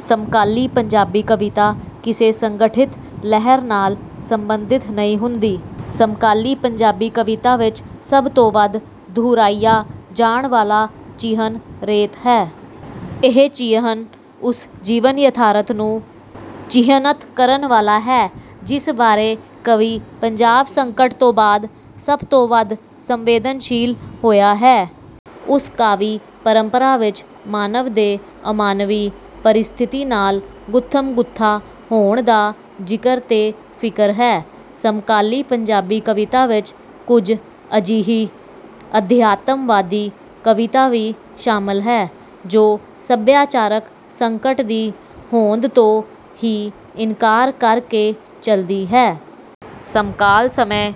ਸਮਕਾਲੀ ਪੰਜਾਬੀ ਕਵਿਤਾ ਕਿਸੇ ਸੰਗਠਿਤ ਲਹਿਰ ਨਾਲ ਸੰਬੰਧਿਤ ਨਹੀਂ ਹੁੰਦੀ। ਸਮਕਾਲੀ ਪੰਜਾਬੀ ਕਵਿਤਾ ਵਿੱਚ ਸਭ ਤੋਂ ਵੱਧ ਦੁਹਰਾਇਆ ਜਾਣ ਵਾਲਾ ਚਿਹਨ 'ਰੇਤ' ਹੈ। ਇਹ ਚਿਹਨ ਉਸ ਜੀਵਨ- ਯਥਾਰਥ ਨੂੰ ਚਿਹਨਤ ਕਰਨ ਵਾਲਾ ਹੈ ਜਿਸ ਬਾਰੇ ਕਵੀ ਪੰਜਾਬ ਸੰਕਟ ਤੋਂ ਬਾਅਦ ਸਭ ਤੋਂ ਵੱਧ ਸੰਵੇਦਨਸ਼ੀਲ ਹੋਇਆ ਹੈ। ਉਸ ਕਾਵਿ ਪਰੰਪਰਾ ਵਿੱਚ ਮਾਨਵ ਦੇ ਅਮਾਨਵੀ ਪਰਿਸਥਿਤੀ ਨਾਲ ਗੁੱਥਮ-ਗੁੱਥਾ ਹੋਣ ਦਾ ਜ਼ਿਕਰ ਤੇ ਫਿਕਰ ਹੈ। ਸਮਕਾਲੀ ਪੰਜਾਬੀ ਕਵਿਤਾ ਵਿੱਚ ਕੁਝ ਅਜਿਹੀ ਅਧਿਆਤਮਵਾਦੀ ਕਵਿਤਾ ਵੀ ਸ਼ਾਮਲ ਹੈ ਜੋ ਸਭਿਆਚਾਰਕ ਸੰਕਟ ਦੀ ਹੋਂਦ ਤੋਂ ਹੀ ਇਨਕਾਰ ਕਰਕੇ ਚਲਦੀ ਹੈ। ਸਮਕਾਲ ਸਮੇਂ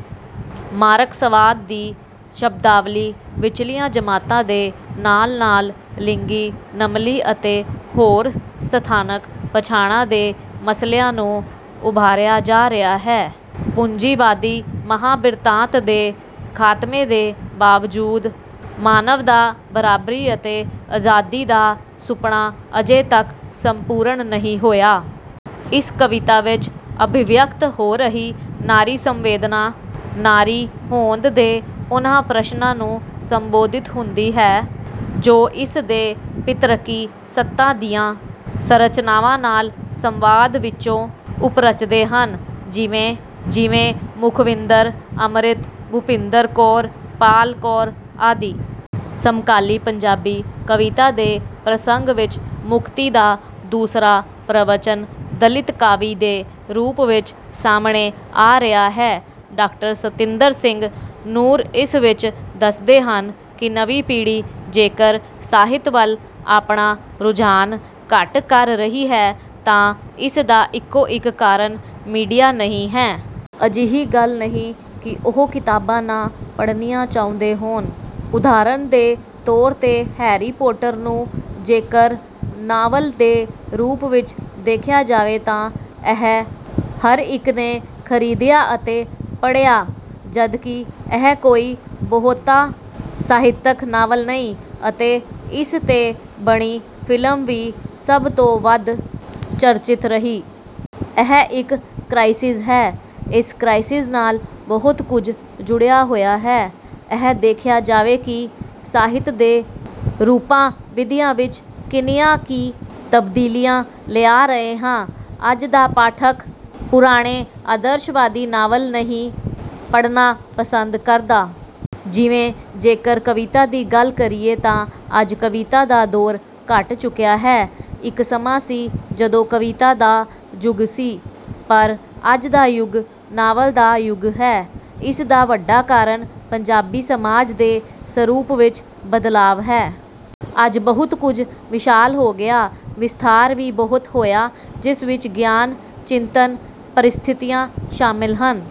ਮਾਰਕਸਵਾਦ ਦੀ ਸ਼ਬਦਾਵਲੀ ਵਿਚਲੀਆਂ ਜਮਾਤਾਂ ਦੇ ਨਾਲ ਨਾਲ ਲਿੰਗੀ, ਨਸਲੀ ਅਤੇ ਹੋਰ ਸਥਾਨਕ ਪਛਾਣਾਂ ਦੇ ਮਸਲਿਆਂ ਨੂੰ ਉਭਾਰਿਆ ਜਾ ਰਿਹਾ ਹੈ। ਪੂੰਜੀਵਾਦੀ ਮਹਾਂਬਿਰਤਾਂਤ ਦੇ ਖ਼ਾਤਮੇ ਦੇ ਬਾਵਜੂਦ ਮਾਨਵ ਦਾ ਬਰਾਬਰੀ ਅਤੇ ਅਜ਼ਾਦੀ ਦਾ ਸੁਪਨਾ ਅਜੇ ਤੱਕ ਸੰਪੂਰਨ ਨਹੀਂ ਹੋਇਆ। ਇਸ ਕਵਿਤਾ ਵਿੱਚ ਅਭਿਵਿਅਕਤ ਹੋ ਰਹੀ ਨਾਰੀ ਸੰਵੇਦਨਾ, ਨਾਰੀ ਹੋਂਦ ਦੇ ਉਹਨਾਂ ਪ੍ਰਸ਼ਨਾਂ ਨੂੰ ਸੰਬੋਧਿਤ ਹੁੰਦੀ ਹੈ ਜੋ ਇਸਦੇ ਪਿਤਰਕੀ ਸੱਤਾ ਦੀਆਂ ਸੰਰਚਨਾਵਾਂ ਨਾਲ ਸੰਵਾਦ ਵਿਚੋਂ ਉਪਜਦੇ ਹਨ। ਜਿਵੇਂ ਸੁਖਵਿੰਦਰ ਅੰਮਿ੍ਤ, ਭੁਪਿੰਦਰ ਕੌਰ, ਪਾਲ ਕੌਰ ਆਦਿ। ਸਮਕਾਲੀ ਪੰਜਾਬੀ ਕਵਿਤਾ ਦੇ ਪ੍ਰਸੰਗ ਵਿੱਚ ਮੁਕਤੀ ਦਾ ਦੂਸਰਾ ਪ੍ਰਵਚਨ ਦਲਿਤ-ਕਾਵਿ ਦੇ ਰੂਪ ਵਿੱਚ ਸਾਹਮਣੇ ਆ ਰਿਹਾ ਹੈ। ਡਾ. ਸਤਿੰਦਰ ਸਿੰਘ ਨੂਰ ਇਸ ਵਿੱਚ ਦੱਸਦੇ ਹਨ ਕਿ ਨਵੀਂ ਪੀੜ੍ਹੀ ਜੇਕਰ ਸਾਹਿਤ ਵੱਲ ਆਪਣਾ ਰੁਝਾਨ ਘੱਟ ਕਰ ਰਹੀ ਹੈ ਤਾਂ ਇਸਦਾ ਇੱਕੋ ਇਕ ਕਾਰਨ ਮੀਡੀਆ ਨਹੀਂ ਹੈ। ਅਜਿਹੀ ਗੱਲ ਨਹੀਂ ਕਿ ਉਹ ਕਿਤਾਬਾਂ ਨਾ ਪੜ੍ਹਨੀਆਂ ਚਾਹੁੰਦੇ ਹੋਣ। ਉਦਾਹਰਣ ਦੇ ਤੌਰ ਤੇ 'ਹੈਰੀ ਪੋਟਰ' ਨੂੰ ਜੇਕਰ ਨਾਵਲ ਦੇ ਰੂਪ ਵਿੱਚ ਦੇਖਿਆ ਜਾਵੇ ਤਾਂ ਇਹ ਹਰ ਇਕ ਨੇ ਖ਼ਰੀਦਿਆ ਅਤੇ ਪੜ੍ਹਿਆ ਜਦਕਿ ਇਹ ਕੋਈ ਬਹੁਤਾ ਸਾਹਿਤਕ ਨਾਵਲ ਨਹੀਂ ਅਤੇ ਇਸਤੇ ਬਣੀ ਫ਼ਿਲਮ ਵੀ ਸਭ ਤੋਂ ਵੱਧ ਚਰਚਿਤ ਰਹੀ। ਇਹ ਇਕ ਕ੍ਰਾਈਸਿਜ਼ ਹੈ। ਇਸ ਕ੍ਰਾਈਸਿਜ਼ ਨਾਲ ਬਹੁਤ ਕੁਝ ਜੁੜਿਆ ਹੋਇਆ ਹੈ। ਇਹ ਦੇਖਿਆ ਜਾਵੇ ਕਿ ਸਾਹਿਤ ਦੇ ਰੂਪਾਂ/ ਵਿਧੀਆਂ ਵਿੱਚ ਕਿੰਨੀਆਂ ਕਿ ਤਬਦੀਲੀਆਂ ਲਿਆ ਰਹੇ ਹਾਂ। ਅੱਜ ਦਾ ਪਾਠਕ ਪੁਰਾਣੇ ਆਦਰਸ਼ਵਾਦੀ ਨਾਵਲ ਨਹੀਂ ਪੜ੍ਹਨਾ ਪਸੰਦ ਕਰਦਾ। ਜਿਵੇਂ ਜੇਕਰ ਕਵਿਤਾ ਦੀ ਗੱਲ ਕਰੀਏ ਤਾਂ ਅੱਜ ਕਵਿਤਾ ਦਾ ਦੌਰ ਘਟ ਚੁੱਕਿਆ ਹੈ। ਇਕ ਸਮਾਂ ਸੀ ਜਦੋਂ ਕਵਿਤਾ ਦਾ ਯੁਗ ਸੀ। ਪਰ ਅੱਜ ਦਾ ਯੁਗ ਨਾਵਲ ਦਾ ਯੁਗ ਹੈ। ਇਸਦਾ ਵੱਡਾ ਕਾਰਨ ਪੰਜਾਬੀ ਸਮਾਜ ਦੇ ਸਰੂਪ ਵਿੱਚ ਬਦਲਾਅ ਹੈ। ਅੱਜ ਬਹੁਤ ਕੁਝ ਵਿਸ਼ਾਲ ਹੋ ਗਿਆ। ਵਿਸਥਾਰ ਵੀ ਬਹੁਤ ਹੋਇਆ ਜਿਸ ਵਿੱਚ ਗਿਆਨ, ਚਿੰਤਨ, ਪਰਿਸਥਿਤੀਆਂ ਸ਼ਾਮਿਲ ਹਨ।